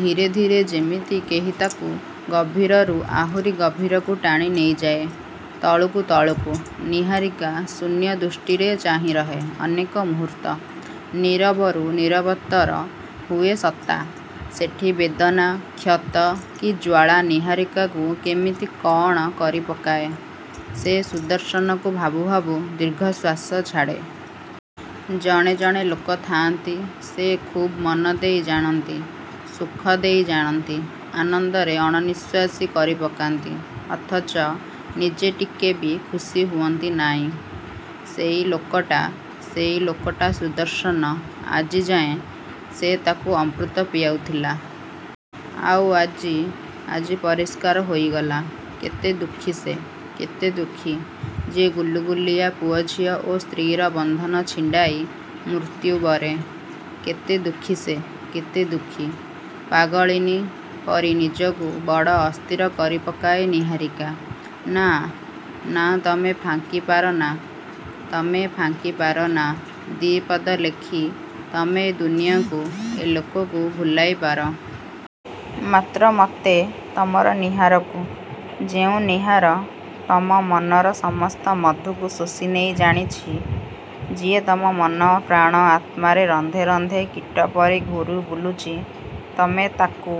ଧୀରେ ଧୀରେ ଯେମିତି କେହି ତାକୁ ଗଭୀରରୁ ଆହୁରି ଗଭୀରକୁ ଟାଣିନେଇଯାଏ। ତଳକୁ ତଳକୁ। ନିହାରିକା ଶୂନ୍ୟଦୃଷ୍ଟିରେ ଚାହିଁରହେ ଅନେକ ମୁହୂର୍ତ୍ତ। ନୀରବରୁ ନୀରବତର ହୁଏ ସତ୍ତା। ସେଠି ବେଦନା, କ୍ଷତ, କି ଜ୍ୱାଳା ନିହାରିକାକୁ କେମିତି କଅଣ କରିପକାଏ-! ସେ ସୁଦର୍ଶନକୁ ଭାବୁ ଭାବୁ ଦୀର୍ଘଶ୍ୱାସ ଛାଡ଼େ। ଜଣେ ଜଣେ ଲୋକ ଥାଆନ୍ତି, ସେ ଖୁବ୍ ମନ ନେଇ ଜାଣନ୍ତି। ସୁଖ ଦେଇ ଜାଣନ୍ତି, ଆନନ୍ଦରେ ଅଣନିଃଶ୍ଵାସୀ କରିପକାନ୍ତି। ଅଥଚ ନିଜେ ଟିକେ ବି ଖୁସି ହୁଅନ୍ତି ନାଇଁ ସେଇ ଲୋକଟା, ସେଇ ଲୋକଟା ସୁଦର୍ଶନ। ଆଜି ଯାଏଁ ସେ ତାକୁ ଅମୃତ ପିଆଉଥିଲା। ଆଉ ଆଜି, ଆଜି ପରିଷ୍କାର ହୋଇଗଲା, କେତେ ଦୁଃଖୀ ସେ, କେତେ ଦୁଃଖୀ। ଯିଏ ଗୁଲିଗୁଲିଆ ପୁଅଝିଅ ଓ ସ୍ତ୍ରୀର ବନ୍ଧନ ଛିଣ୍ଡାଇ ମୃତ୍ୟୁ ବରେ, କେତେ ଦୁଃଖୀ ସେ! କେତେ ଦୁଃଖୀ! ପାଗଳିନୀ ପରି ନିଜକୁ ବଡ଼ ଅସ୍ଥିର କରିପକାଏ ନିହାରିକା। ନାଁ, ନାଁ ତମେ ଫାଙ୍କି ପାର ନା, ତମେ ଫାଙ୍କି ପାର ନା, ଦି ପଦ ଲେଖି, ତମେ ଏ ଦୁନିଆକୁ, ଏ ଲୋକଙ୍କୁ ଭୁଲାଇପାର। ମାତ୍ର ମୋତେ? ତମର ନିହାରକୁ? ଯେଉଁ ନିହାର, ତମ ମନର ସମସ୍ତ ମଧୁକୁ ଶୋଷିନେଇ ଜାଣିଛି, ଯିଏ ତମ ମନପ୍ରାଣ ଆତ୍ମାରେ ରନ୍ଧ୍ରେ ରନ୍ଧ୍ରେ କୀଟ ପରି ଘୂରିବୁଲୁଚି, ତମେ ତାକୁ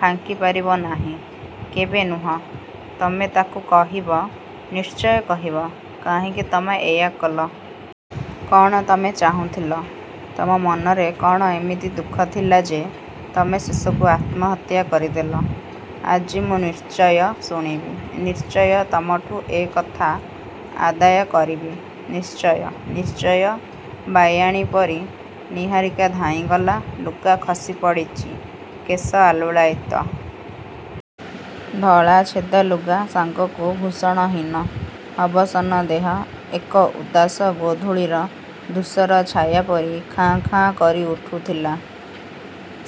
ଫାଙ୍କିପାରିବ ନାହିଁ, କେବେ ନୁହଁ, ତମେ ତାକୁ କହିବ; ନିଶ୍ଚୟ କହିବ। କାହିଁକି ତମେ ୟା କଲ? କଣ ତମେ ଚାହୁଁଥିଲ? ତମ ମନରେ କ'ଣ ଏମିତି ଦୁଃଖ ଥିଲା ଯେ ତମେ ଶେଷକୁ ଆତ୍ମହତ୍ୟା କରିଦେଲ? ଆଜି ମୁଁ ନିଶ୍ଚୟ ଶୁଣିବି। ନିଶ୍ଚୟ ତମଠୁ ଏ କଥା ଆଦାୟ କରିବି। ନିଶ୍ଚୟ, ନିଶ୍ଚୟ। ବାୟାଣୀ ପରି ନିହାରିକା ଧାଇଁଗଲା। ଲୁଗା ଖସି ପଡ଼ିଚି, କେଶ ଆଲୁଳାୟିତ। ଧଳା ଛେଦାଲୁଗା ସାଙ୍ଗକୁ ଭୂଷଣହୀନ ଅବସନ୍ନ ଦେହ ଏକ ଉଦାସ ଗୋଧୂଳିର ଧୂସର ଛାୟା ପରି ଖାଁ ଖାଁ କରି ଉଠୁଥିଲା।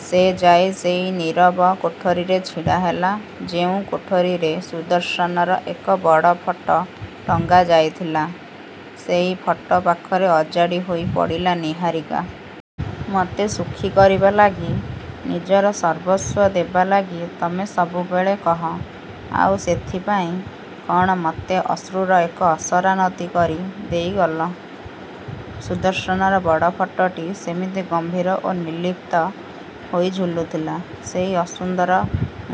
ସେ ଯାଇ ସେଇ ନୀରବ କୋଠରୀରେ ଛିଡ଼ାହେଲା; ଯେଉଁ କୋଠରୀରେ ସୁଦର୍ଶନର ଏକ ବଡ଼ ଫଟୋ ଟଙ୍ଗା ଯାଇଥିଲା। ସେଇ ଫଟୋ ପାଖରେ ଅଜାଡ଼ି ହୋଇ ପଡ଼ିଲା ନିହାରିକା। ମତେ ସୁଖୀ କରିବା ଲାଗି, ନିଜର ସର୍ବସ୍ଵ ଦେବା ଲାଗି ତମେ ସବୁବେଳେ କହ, ଆଉ ସେଥିପାଇଁ କଣ ମତେ ଅଶ୍ରୁର ଏକ ଅସରା ନଦୀ କରି ଦେଇଗଲ? ସୁଦର୍ଶନର ବଡ଼ ଫଟୋଟି ସେମିତି ଗମ୍ଭୀର ଓ ନିର୍ଲିପ୍ତ ହୋଇ ଝୁଲୁଥିଲା। ସେଇ ଅସୁନ୍ଦର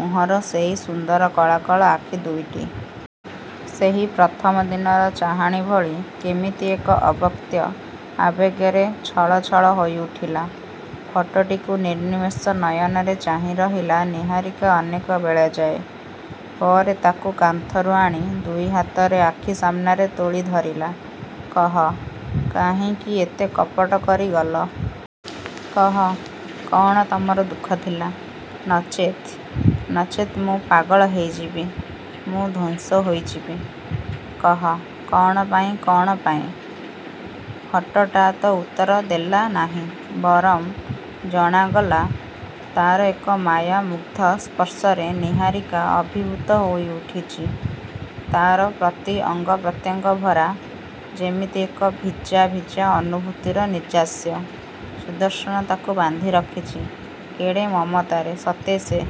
ମୁହଁର ସେହି ସୁନ୍ଦର କଳା କଳା ଆଖି ଦୁଇଟି। ସେହି ପ୍ରଥମ ଦିନର ଚାହାଣି ଭଳି କେମିତି ଏକ ଅବ୍ୟକ୍ତ ଆବେଗରେ ଛଳ ଛଳ ହୋଇ ଉଠିଲା। ଫଟୋଟିକୁ ନିର୍ନିମେଷ ନୟନରେ ଚାହିଁରହିଲା ନିହାରିକା ଅନେକ ବେଳଯାଏ। ପରେ ତାକୁ କାନ୍ଥରୁ ଆଣି ଦୁଇ ହାତରେ ଆଖି ସାମ୍ନାରେ ତୋଳି ଧରିଲା-କହ, କାହିଁକି ଏତେ କପଟ କରି ଗଲ? କହ, କ'ଣ ତମର ଦୁଃଖ ଥିଲା-? ନଚେତ୍, ନଚେତ୍ ମୁଁ ପାଗଳ ହେଇଯିବି, ମୁଁ ଧ୍ଵଂସ ହୋଇଯିବି! କହ କ'ଣପାଇଁ, କ'ଣ ପାଇଁ-? ଫଟୋଟା ତ ଉତ୍ତର ଦେଲା ନାହିଁ, ବରଂ ଜଣାଗଲା, ତାର ଏକ ମାୟା-ମୁଗ୍ଧ ସ୍ପର୍ଶରେ ନିହାରିକା ଅଭିଭୂତ ହୋଇ ଉଠୁଚି। ତାର ପ୍ରତି ଅଙ୍ଗପ୍ରତ୍ୟଙ୍ଗ ଭରା ଯେମିତି ଏକ ଭିଜା ଭିଜା ଅନୁଭୂତିର ନିର୍ଯ୍ୟାସ। ସୁଦର୍ଶନ ତାକୁ ବାନ୍ଧି ରଖିଚି, କେଡ଼େ ମମତାରେ ସତେ ସେ